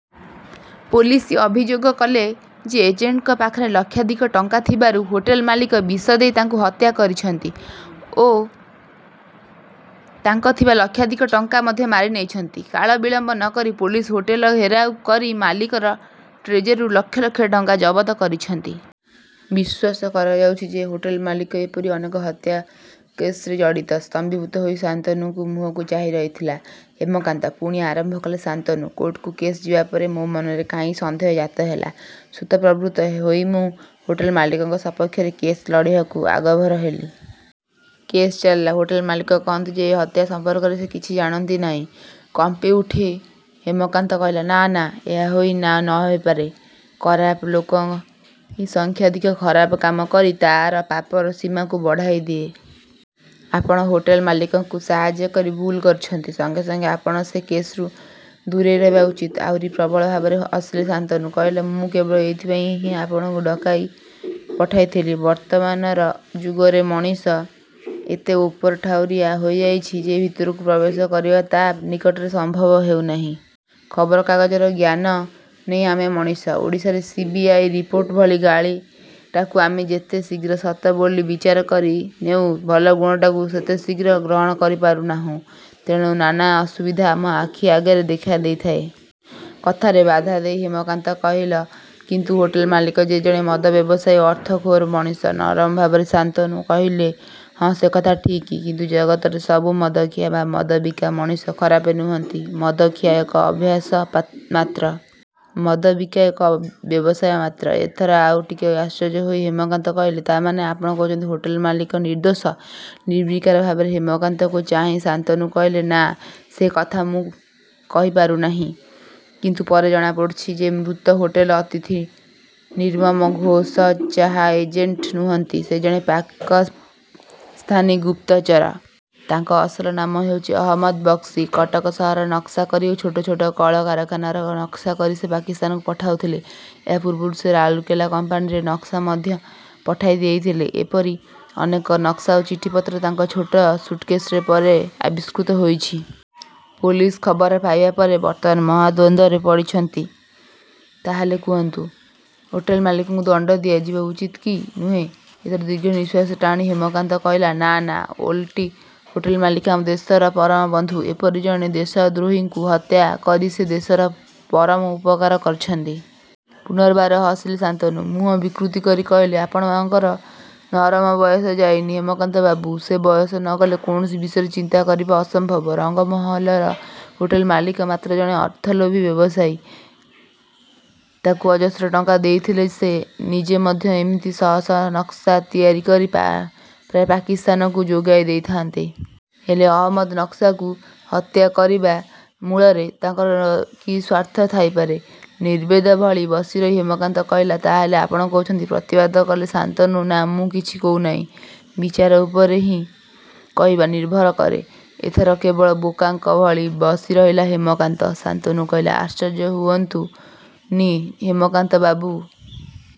Police ଅଭିଯୋଗ କଲେ ଯେ ଏଜେଣ୍ଟଙ୍କ ପାଖରେ ଲକ୍ଷାଧିକ ଟଙ୍କା ଥିବାରୁ ହୋଟେଲ ମାଲିକ ବିଷ ଦେଇ ତାଙ୍କୁ ହତ୍ୟା... କରିଛନ୍ତି ଓ ତାଙ୍କ ଥିବା ଲକ୍ଷାଧିକ ଟଙ୍କା ମଧ୍ୟ ମାରି ନେଇଛନ୍ତି। କାଳ ବିଳମ୍ବ ନ କରି ପୋଲିସ ହୋଟେଲ ଘେରାଉ କରି, ମାଲିକର ଟ୍ରେଜେରୀରୁ ଲକ୍ଷ ଲକ୍ଷ ଟଙ୍କା ଜବତ୍ କରିଛନ୍ତି। ବିଶ୍ୱାସ କରା ଯାଉଛି ଯେ—ହୋଟେଲ୍ ମାଲିକ ଏପରି ଅନେକ ହତ୍ୟା କେସ୍ରେ ଜଡ଼ିତ। ସ୍ତମ୍ଭୀଭୂତ ହୋଇ ଶାନ୍ତନୁଙ୍କ ମୁହକୁ ଚାହିଁ ରହିଥିଲା ହେମକାନ୍ତ...। ପୁଣି ଆରମ୍ଭ କଲେ ଶାନ୍ତନୁ... କୋର୍ଟକୁ କେସ୍ ଯିବାପରେ ମୋ ମନରେ କାହିଁକି ସନ୍ଦେହ ଜାତ ହେଲା। ସ୍ୱତଃପ୍ରବୃତ୍ତ ହୋଇ ମୁଁ ହୋଟେଲ ମାଲିକଙ୍କ ସପକ୍ଷରେ କେସ୍ ଲଢ଼ିବାକୁ ଆଗଭର ହେଲି। କେସ୍ ଚାଲିଲା। ହୋଟେଲ ମାଲିକ କହନ୍ତି ଯେ—ଏ ହତ୍ୟା ସମ୍ପର୍କରେ ସେ କିଛି ଜାଣନ୍ତି ନାହିଁ। କମ୍ପି ଉଠି ହେମକାନ୍ତ କହିଲା—ନାଁ... ନାଁ ଏହା ହୋଇ ନ ପାରେ। ଖରାପ ଲୋକ ହିଁ ସଂଖ୍ୟାଧିକ ଖରାପ କାମ କରି ତା'ର ପାପର ସୀମାକୁ ବଢ଼ାଇ ଦିଏ। ଆପଣ ହୋଟେଲ ମାଲିକକୁ ସାହାର୍ଯ୍ୟ କରି ଭୁଲ୍ କରିଛନ୍ତି। ସଙ୍ଗେ ସଙ୍ଗେ ଆପଣ ସେ କେସ୍ରୁ ଦୂରେଇ ରହିବା ଉଚିତ। ଆହୁରି ପ୍ରବଳ ଭାବରେ ହସିଲେ ଶାନ୍ତନୁ କହିଲା— ମୁଁ କେବଳ ଏଇଥିପାଇଁ ହିଁ ଆପଣଙ୍କୁ ଡ଼କାଇ ପଠାଇ ଥିଲି। ବର୍ତ୍ତମାନର ଯୁଗରେ ମଣିଷ ଏତେ ଓପର ଠାଉରିଆ ହୋଇଯାଇଛି ଯେ ଭିତରକୁ ପ୍ରବେଶ କରିବା ତା' ନିକଟରେ ସମ୍ଭବ ହେଉନାହିଁ। ଖବରକାଗଜର ଜ୍ଞାନ ନେଇ ଆମେ ମଣିଷ। ଓଡ଼ିଶାର ସି. ବି. ଆଇ ରିପୋର୍ଟ ଭଳି ଗାଳିଟାକୁ ଆମେ ଯେତେ ଶୀଘ୍ର ସତ ବୋଲି ବିଚାର କରି ନେଉ... ଭଲ ଗୁଣଟାକୁ ସେତେ ଶୀଘ୍ର ଗ୍ରହଣ କରିପାରୁ ନାହୁଁ। ତେଣୁ ନାନା ଅସୁବିଧା ଆମ ଆଖି ଆଗରେ ଦେଖା ଦେଇଥାଏ। କଥାରେ ବାଧା ଦେଇ ହେମକାନ୍ତ କହିଲ କିନ୍ତୁ ହୋଟେଲ ମାଲିକ ଯେ ଜଣେ ମଦ ବ୍ୟବସାୟୀ... ଅର୍ଥଖୋର ମଣିଷ। ନରମ ଭାବରେ ଶାନ୍ତନୁ କହିଲେ ହଁ ସେ କଥା ଠିକ୍। କିନ୍ତୁ ଜଗତର ସବୁ ମଦଖିଆ ବା ମଦ ବିକା ମଣିଷ ଖରାପ ନୁହଁନ୍ତି। ମଦଖିଆ ଏକ ଅଭ୍ୟାସ ପା ମାତ୍ର। ମଦ ବିକା ଏକ ବ୍ୟବସାୟ ମାତ୍ର। ଏଥର ଆଉ ଟିକେ ଆଶ୍ଚର୍ଯ୍ୟ ହୋଇ ହେମକାନ୍ତ କହିଲା—ତା'ମାନେ ଆପଣ କହୁଛନ୍ତି ହୋଟେଲ ମାଲିକ ନିର୍ଦ୍ଦୋଷ? ନିର୍ବିକାର ଭାବରେ ହେମକାନ୍ତଙ୍କୁ ଚାହିଁ ଶାନ୍ତନୁ କହିଲେ—ନାଁ... ସେ କଥା ମୁଁ କହି ପାରୁନାହିଁ। କିନ୍ତୁ ପରେ ଜଣାପଡ଼ିଛି ଯେ ମୃତ ହୋଟେଲ ଅତିଥି ନିର୍ମମ ଘୋଷ ଚାହା ଏଜେଣ୍ଟ ନୁହଁନ୍ତି, ସେ ଜଣେ ପାକସ୍ଥାନୀ ଗୁପ୍ତଚର। ତାଙ୍କ ଅସଲ ନାମ ହେଉଛି ଅହମଦ୍ ବକ୍ସି। କଟକ ସହରର ନକ୍ସା କରି ଓ ଛୋଟ ଛୋଟ କଳ କାରଖାନାର ନକ୍ସା କରି ସେ ପାକିସ୍ଥାନକୁ ପଠାଉଥିଲେ। ଏହା ପୂର୍ବରୁ ସେ ରାଉରକେଲା କମ୍ପାନୀର ନକ୍ସା ମଧ୍ୟ ପଠାଇ ଦେଇଥିଲେ। ଏପରି ଅନେକ ନକ୍ସା ଓ ଚିଠିପତ୍ର ତାଙ୍କ ଛୋଟ ସୁଟ୍କେଶରେ ପରେ ଆବିଷ୍କୃତ ହୋଇଛି। ପୋଲିସ୍ଏ ଖବର ପାଇବା ପରେ ବର୍ତ୍ତମାନ ମହାଦ୍ୱନ୍ଦରେ ପଡ଼ିଛନ୍ତି। ତା'ହେଲେ କୁହନ୍ତି.. ହୋଟେଲ ମାଲିକଙ୍କୁ ଦଣ୍ଡ ଦିଆଯିବ ଉଚିତ କି ନୁହେଁ। ଏଥର ଦୀର୍ଘନିଃଶ୍ୱାସ ଟାଣି ହେମକାନ୍ତ କହିଲା—ନାଁ... ନାଁ... ଓଲଟି ହୋଟେଲ ମାଲିକ ଆମ ଦେଶର ପରମ ବନ୍ଧୁ। ଏପରି ଜଣେ ଦେଶଦ୍ରୋହୀଙ୍କୁ ହତ୍ୟା କରି ସେ ଦେଶର ପରମ ଉପକାର କରିଛନ୍ତି। ପୁନର୍ବାର ହସିଲେ ଶାନ୍ତୁନୁ... ମୁହଁ ବିକୃତ କରି କହିଲେ ଆପଣଙ୍କର ନରମ ବୟସ ଯାଇନି ହେମକାନ୍ତ ବାବୁ। ସେ ବୟସ ନ ଗଲେ କୌଣସ ବିଷୟରେ ଚିନ୍ତା କରିବା ଅସମ୍ଭବ। ରଙ୍ଗମହଲର ହୋଟେଲ ମାଲିକ ମାତ୍ର ଜଣେ ଅର୍ଥଲୋଭୀ ବ୍ୟବସାୟୀ। ତାଙ୍କୁ ଅଜସ୍ର ଟଙ୍କା ଦେଇଥିଲେ ସେ ନିଜେ ମଧ୍ୟ ଏମିତି ଶହ ଶହ ନକ୍ସା ତିଆରି କରି ପା ପ୍ରାୟ ପାକିସ୍ଥାନକୁ ଯୋଗାଇ ଦେଇଥାନ୍ତେ। ହେଲେ ଅହମଦ୍ ନକ୍ସାକୁ ହତ୍ୟା କରିବା ମୂଳରେ ତାଙ୍କର କି ସ୍ୱାର୍ଥ ଥାଇପାରେ? ନିର୍ବେଦ ଭଳି ବସିରହି ହେମକାନ୍ତ କହିଲା ତା'ହେଲେ... ଆପଣ କୋହୁଛନ୍ତି... ପ୍ରତିବାଦ କଲେ ଶାନ୍ତନୁ... ନା... ମୁଁ କିଛି କୋହୁନାହିଁ। ବିଚାର ଉପରେ ହିଁ କହିବା। ନିର୍ଭର କରେ। ଏଥର କେବଳ ବୋକାଙ୍କ ଭଳି ବସିରହିଲା ହେମକାନ୍ତ। ଶାନ୍ତନୁ କହିଲେ ଆଶ୍ଚର୍ଯ୍ୟ ହୁଅନ୍ତୁ ନି ହେମକାନ୍ତୁ ବାବୁ।